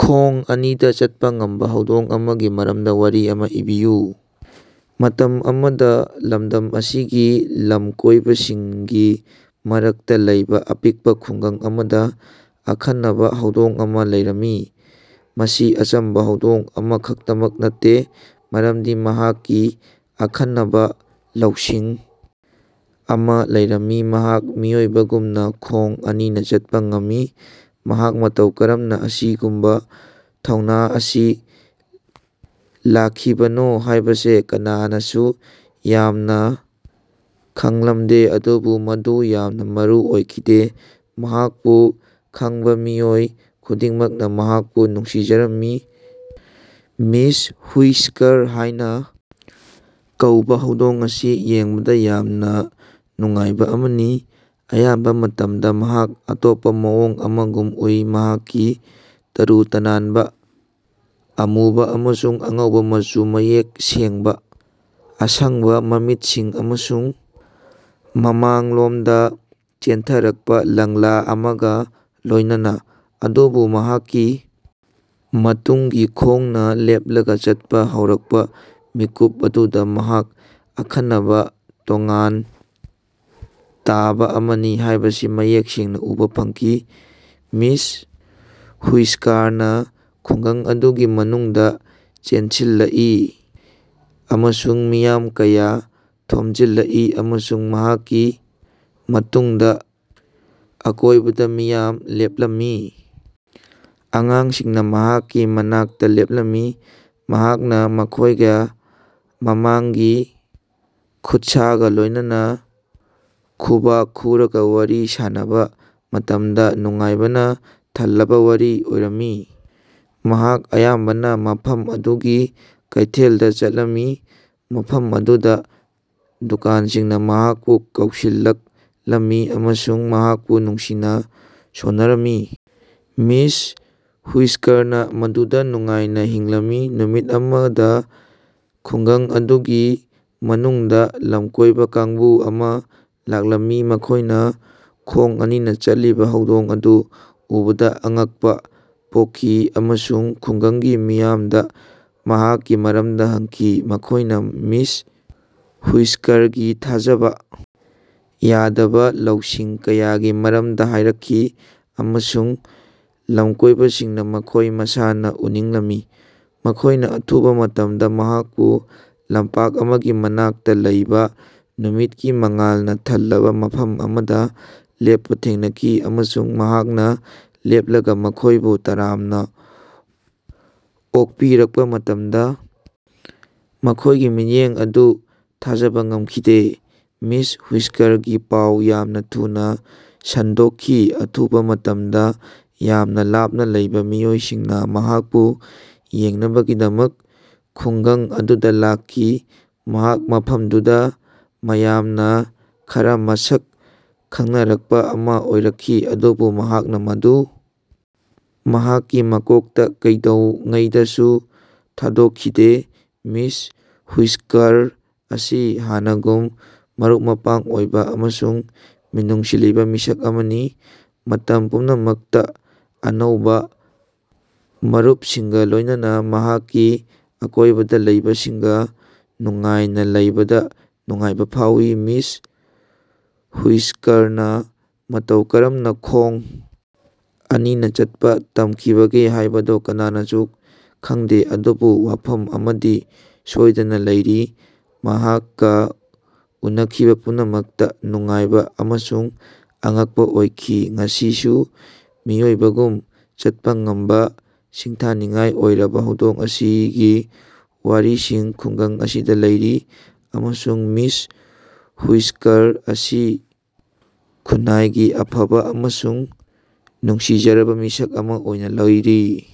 ꯈꯣꯡ ꯑꯅꯤꯗ ꯆꯠꯄ ꯉꯝꯕ ꯍꯧꯗꯣꯡ ꯑꯃꯒꯤ ꯃꯔꯝꯗ ꯋꯥꯔꯤ ꯑꯃ ꯏꯕꯤꯌꯨ꯫ ꯃꯇꯝ ꯑꯃꯗ ꯂꯝꯗꯝ ꯑꯁꯤꯒꯤ ꯂꯝꯀꯣꯏꯕꯁꯤꯡꯒꯤ ꯃꯔꯛꯇꯥ ꯂꯩꯕꯥ ꯑꯄꯤꯛꯄꯥ ꯈꯨꯡꯒꯪ ꯑꯃꯗ ꯑꯈꯟꯅꯕ ꯍꯧꯗꯣꯡ ꯑꯃ ꯂꯩꯔꯝꯃꯤ꯫ ꯃꯁꯤ ꯑꯆꯝꯕ ꯍꯧꯗꯣꯡ ꯑꯃꯈꯛꯇꯃꯛ ꯅꯠꯇꯦ ꯃꯔꯝꯗꯤ ꯃꯍꯥꯛꯀꯤ ꯑꯈꯟꯅꯕꯥ ꯂꯧꯁꯤꯡ ꯑꯃ ꯂꯩꯔꯝꯃꯤ- ꯃꯍꯥꯛ ꯃꯤꯑꯣꯏꯕꯒꯨꯝꯅꯥ ꯈꯣꯡ ꯑꯅꯤꯅ ꯆꯠꯄꯥ ꯉꯝꯃꯤ꯫ ꯃꯍꯥꯛ ꯃꯇꯧ ꯀꯔꯝꯅ ꯑꯁꯤꯒꯨꯝꯕ ꯊꯧꯅ ꯑꯁꯤ ꯂꯈꯤꯕꯅꯣ ꯍꯥꯌꯕꯁꯤ ꯀꯅꯥꯅꯁꯨ ꯌꯥꯝꯅ ꯈꯉꯂꯝꯗꯦ ꯑꯗꯨꯕꯨ ꯃꯗꯨ ꯌꯥꯝꯅ ꯃꯔꯨ ꯑꯣꯏꯈꯤꯗꯦ꯫ ꯃꯍꯥꯛꯄꯨ ꯈꯡꯕ ꯃꯤꯑꯣꯏ ꯈꯨꯗꯤꯡꯃꯛꯅ ꯃꯍꯥꯛꯄꯨ ꯅꯨꯡꯁꯤꯖꯔꯝꯃꯤ꯫ ꯃꯤꯁ ꯍꯨꯏꯁꯀꯔ ꯍꯥꯏꯅꯥ ꯀꯧꯕꯥ ꯍꯧꯗꯣꯡ ꯑꯁꯤ ꯌꯦꯡꯕꯗꯥ ꯌꯥꯝꯅ ꯅꯨꯡꯉꯥꯏꯕ ꯑꯃꯅꯤ꯫ ꯑꯌꯥꯝꯕ ꯃꯇꯝꯗ ꯃꯍꯥꯛ ꯑꯇꯣꯞꯄ ꯃꯑꯣꯡ ꯑꯃꯒꯨꯝ ꯎꯏ ꯃꯍꯥꯛꯀꯤ ꯇꯔꯨ ꯇꯅꯥꯟꯕ ꯑꯃꯨꯕ ꯑꯃꯁꯨꯡ ꯑꯉꯧꯕ ꯃꯆꯨ ꯃꯌꯦꯛ ꯁꯦꯡꯕꯥ ꯑꯁꯪꯕ ꯃꯃꯤꯠꯁꯤꯡ ꯑꯃꯁꯨꯡ ꯃꯃꯥꯡꯂꯣꯝꯗ ꯆꯦꯟꯊꯔꯛꯄꯥ ꯂꯪꯂꯥ ꯑꯃꯒ ꯂꯣꯢꯅꯅꯥ꯫ ꯑꯗꯨꯕꯨ ꯃꯍꯥꯛꯀꯤ ꯃꯇꯨꯡꯒꯤ ꯈꯣꯡꯅ ꯂꯦꯞꯂꯒ ꯆꯠꯄ ꯍꯧꯔꯛꯄ ꯃꯤꯀꯨꯞ ꯑꯗꯨꯗ ꯃꯍꯥꯛ ꯑꯈꯟꯅꯕ ꯇꯣꯉꯥꯟ ꯇꯥꯕ ꯑꯃꯅꯤ ꯍꯥꯢꯕꯁꯤ ꯃꯌꯦꯛ ꯁꯦꯡꯅ ꯎꯕ ꯐꯪꯈꯤ꯫ ꯃꯤꯁ ꯍꯨꯏꯁꯀꯔꯅ ꯈꯨꯡꯒꯪ ꯑꯗꯨꯒꯤ ꯃꯅꯨꯡꯗꯥ ꯆꯦꯟꯁꯤꯜꯂꯛꯏ ꯑꯃꯁꯨꯡ ꯃꯤꯌꯥꯝ ꯀꯌꯥ ꯊꯣꯝꯖꯤꯜꯂꯛꯏ ꯑꯃꯁꯨꯡ ꯃꯍꯥꯛꯀꯤ ꯃꯇꯨꯡꯗꯥ ꯑꯀꯣꯏꯕꯗ ꯃꯤꯌꯥꯝ ꯂꯦꯞꯂꯝꯃꯤ꯫ ꯑꯉꯥꯡꯁꯤꯡꯅ ꯃꯍꯥꯛꯀꯤ ꯃꯅꯥꯛꯇ ꯂꯦꯞꯂꯝꯃꯤ ꯃꯍꯥꯛꯅꯥ ꯃꯈꯣꯢꯒ ꯃꯃꯥꯡꯒꯤ ꯈꯨꯠꯁꯥꯒ ꯂꯣꯏꯅꯥꯅ ꯈꯨꯕꯥꯛ ꯈꯨꯔꯒ ꯋꯥꯔꯤ ꯁꯥꯟꯅꯕ ꯃꯇꯝꯗ ꯅꯨꯡꯉꯥꯏꯕꯅ ꯊꯜꯂꯕ ꯋꯥꯔꯤ ꯑꯣꯏꯔꯝꯃꯤ꯫ ꯃꯍꯥꯛ ꯑꯌꯥꯝꯕꯅ ꯃꯐꯝ ꯑꯗꯨꯒꯤ ꯀꯩꯊꯦꯜꯗ ꯆꯠꯂꯝꯃꯤ ꯃꯐꯝ ꯑꯗꯨꯗ ꯗꯨꯀꯥꯟꯁꯤꯡꯅ ꯃꯍꯥꯛꯄꯨ ꯀꯧꯁꯤꯜꯂꯛꯂꯝꯃꯤ ꯑꯃꯁꯨꯡ ꯃꯍꯥꯛꯄꯨ ꯅꯨꯡꯁꯤꯅ ꯁꯣꯟꯅꯔꯝꯃꯤ꯫ ꯃꯤꯁ ꯍꯨꯏꯁꯀꯔꯅ ꯃꯗꯨꯗ ꯅꯨꯡꯉꯥꯏꯅ ꯍꯤꯡꯂꯝꯃꯤ꯫ ꯅꯨꯃꯤꯠ ꯑꯃꯗ ꯈꯨꯡꯒꯪ ꯑꯗꯨꯒꯤ ꯃꯅꯨꯡꯗꯥ ꯂꯝꯀꯣꯢꯕ ꯀꯥꯡꯕꯨ ꯑꯃ ꯂꯥꯛꯂꯝꯃꯤ꯫ ꯃꯈꯣꯢꯅ ꯈꯣꯡ ꯑꯅꯤꯅ ꯆꯠꯂꯤꯕ ꯍꯧꯗꯣꯡ ꯑꯗꯨ ꯎꯕꯗ ꯑꯉꯛꯄ ꯄꯣꯛꯈꯤ ꯑꯃꯁꯨꯡ ꯈꯨꯡꯒꯪꯒꯤ ꯃꯤꯌꯥꯝꯗ ꯃꯍꯥꯛꯀꯤ ꯃꯔꯝꯗ ꯍꯪꯈꯤ꯫ ꯃꯈꯣꯢꯅ ꯃꯤꯁ ꯍꯨꯏꯁ꯭ꯀꯔꯒꯤ ꯊꯥꯖꯕ ꯌꯥꯗꯕ ꯂꯧꯁꯤꯡ ꯀꯌꯥꯒꯤ ꯃꯔꯝꯗ ꯍꯥꯢꯔꯛꯈꯤ ꯑꯃꯁꯨꯡ ꯂꯝꯀꯣꯢꯕꯁꯤꯡꯅ ꯃꯈꯣꯏ ꯃꯁꯥꯅ ꯎꯅꯤꯡꯂꯝꯃꯤ ꯫ ꯃꯈꯣꯢꯅꯥ ꯑꯊꯨꯕ ꯃꯇꯝꯗ ꯃꯍꯥꯛꯄꯨ ꯂꯝꯄꯥꯛ ꯑꯃꯒꯤ ꯃꯅꯥꯛꯇ ꯂꯩꯕꯥ ꯅꯨꯃꯤꯠꯀꯤ ꯃꯉꯥꯜꯅ ꯊꯜꯂꯕ ꯃꯐꯝ ꯑꯃꯗ ꯂꯦꯞꯄ ꯊꯦꯡꯅꯈꯤ ꯑꯃꯁꯨꯡ ꯃꯍꯥꯛꯅ ꯂꯦꯞꯂꯒ ꯃꯈꯣꯏꯕꯨ ꯇꯔꯥꯝꯅ ꯑꯣꯛꯄꯤꯔꯛꯄ ꯃꯇꯝꯗ ꯃꯈꯣꯢꯒꯤ ꯃꯤꯠꯌꯦꯡ ꯑꯗꯨ ꯊꯥꯖꯕ ꯉꯃꯈꯤꯗꯦ꯫ ꯃꯤꯁ ꯍꯨꯏꯁꯀꯔꯒꯤ ꯄꯥꯎ ꯌꯥꯝꯅ ꯊꯨꯅꯥ ꯁꯟꯗꯣꯛꯈꯤ ꯑꯊꯨꯕꯥ ꯃꯇꯝꯗ ꯌꯥꯝꯅ ꯂꯥꯞꯅ ꯂꯩꯕ ꯃꯤꯑꯣꯏꯁꯤꯡꯅꯥ ꯃꯍꯥꯛꯄꯨ ꯌꯦꯡꯅꯕꯒꯤꯗꯃꯛ ꯈꯨꯡꯒꯪ ꯑꯗꯨꯗ ꯂꯥꯛꯈꯤ꯫ ꯃꯍꯥꯛ ꯃꯐꯝꯗꯨꯗ ꯃꯌꯥꯝꯅ ꯈꯔ ꯃꯁꯛ ꯈꯪꯅꯔꯛꯄ ꯑꯃ ꯑꯣꯏꯔꯛꯈꯤ꯫ ꯑꯗꯨꯕꯨ ꯃꯍꯥꯛꯅ ꯃꯗꯨ ꯃꯍꯥꯛꯀꯤ ꯃꯀꯣꯛꯇ ꯀꯩꯗꯧꯉꯩꯗꯁꯨ ꯊꯥꯗꯣꯛꯈꯤꯗꯦ꯫ ꯃꯤꯁ ꯍꯨꯏꯁꯀꯔ ꯑꯁꯤ ꯍꯥꯟꯅꯒꯨꯝ ꯃꯔꯨꯞ-ꯃꯄꯥꯡ ꯑꯣꯏꯕ ꯑꯃꯁꯨꯡ ꯃꯤꯅꯨꯡꯁꯤ ꯂꯩꯕꯥ ꯃꯤꯁꯛ ꯑꯃꯅꯤ ꯫ ꯃꯇꯝ ꯄꯨꯝꯅꯃꯛꯇꯥ ꯑꯅꯧꯕꯥ ꯃꯔꯨꯄꯁꯤꯡꯒꯥ ꯂꯣꯢꯅꯥꯕ ꯃꯍꯥꯛꯀꯤ ꯑꯀꯣꯢꯕꯗ ꯂꯩꯕꯁꯤꯡꯒ ꯅꯨꯡꯉꯥꯏꯅ ꯂꯩꯕꯗ ꯅꯨꯡꯉꯥꯏꯕ ꯐꯥꯎꯏ꯫ ꯃꯤꯁ ꯍꯨꯏꯁꯀꯔꯅ ꯃꯇꯧ ꯀꯔꯝꯅ ꯈꯣꯡ ꯑꯅꯤꯅ ꯆꯠꯄ ꯇꯝꯈꯤꯕꯒꯦ ꯍꯥꯢꯕꯗꯨ ꯀꯅꯥꯅꯁꯨ ꯈꯪꯗꯦ ꯑꯗꯨꯕꯨ ꯋꯥꯐꯝ ꯑꯃꯗꯤ ꯁꯣꯢꯗꯅ ꯂꯩꯔꯤ ꯃꯍꯥꯛꯀꯥ ꯎꯅꯈꯤꯕ ꯄꯨꯝꯅꯃꯛꯇ ꯅꯨꯡꯉꯥꯏꯕ ꯑꯃꯁꯨꯡ ꯑꯉꯛꯄ ꯑꯣꯏꯈꯤ꯫ ꯉꯁꯤꯁꯨ ꯃꯤꯑꯣꯏꯕꯒꯨꯝ ꯆꯠꯄꯥ ꯉꯝꯕ ꯁꯤꯡꯊꯥꯅꯤꯡꯉꯥꯏ ꯑꯣꯏꯔꯕꯥ ꯍꯧꯗꯣꯡ ꯑꯁꯤꯒꯤ ꯋꯥꯔꯤꯁꯤꯡ ꯈꯨꯡꯒꯪ ꯑꯁꯤꯗ ꯂꯩꯔꯤ ꯑꯃꯁꯨꯡ ꯃꯤꯁ ꯍꯨꯏꯁꯀꯔ ꯑꯁꯤ ꯈꯨꯟꯅꯥꯏꯒꯤ ꯑꯐꯕ ꯑꯃꯁꯨꯡ ꯅꯨꯡꯁꯤꯖꯔꯕ ꯃꯤꯁꯛ ꯑꯃ ꯑꯣꯏꯅ ꯂꯩꯔꯤ꯫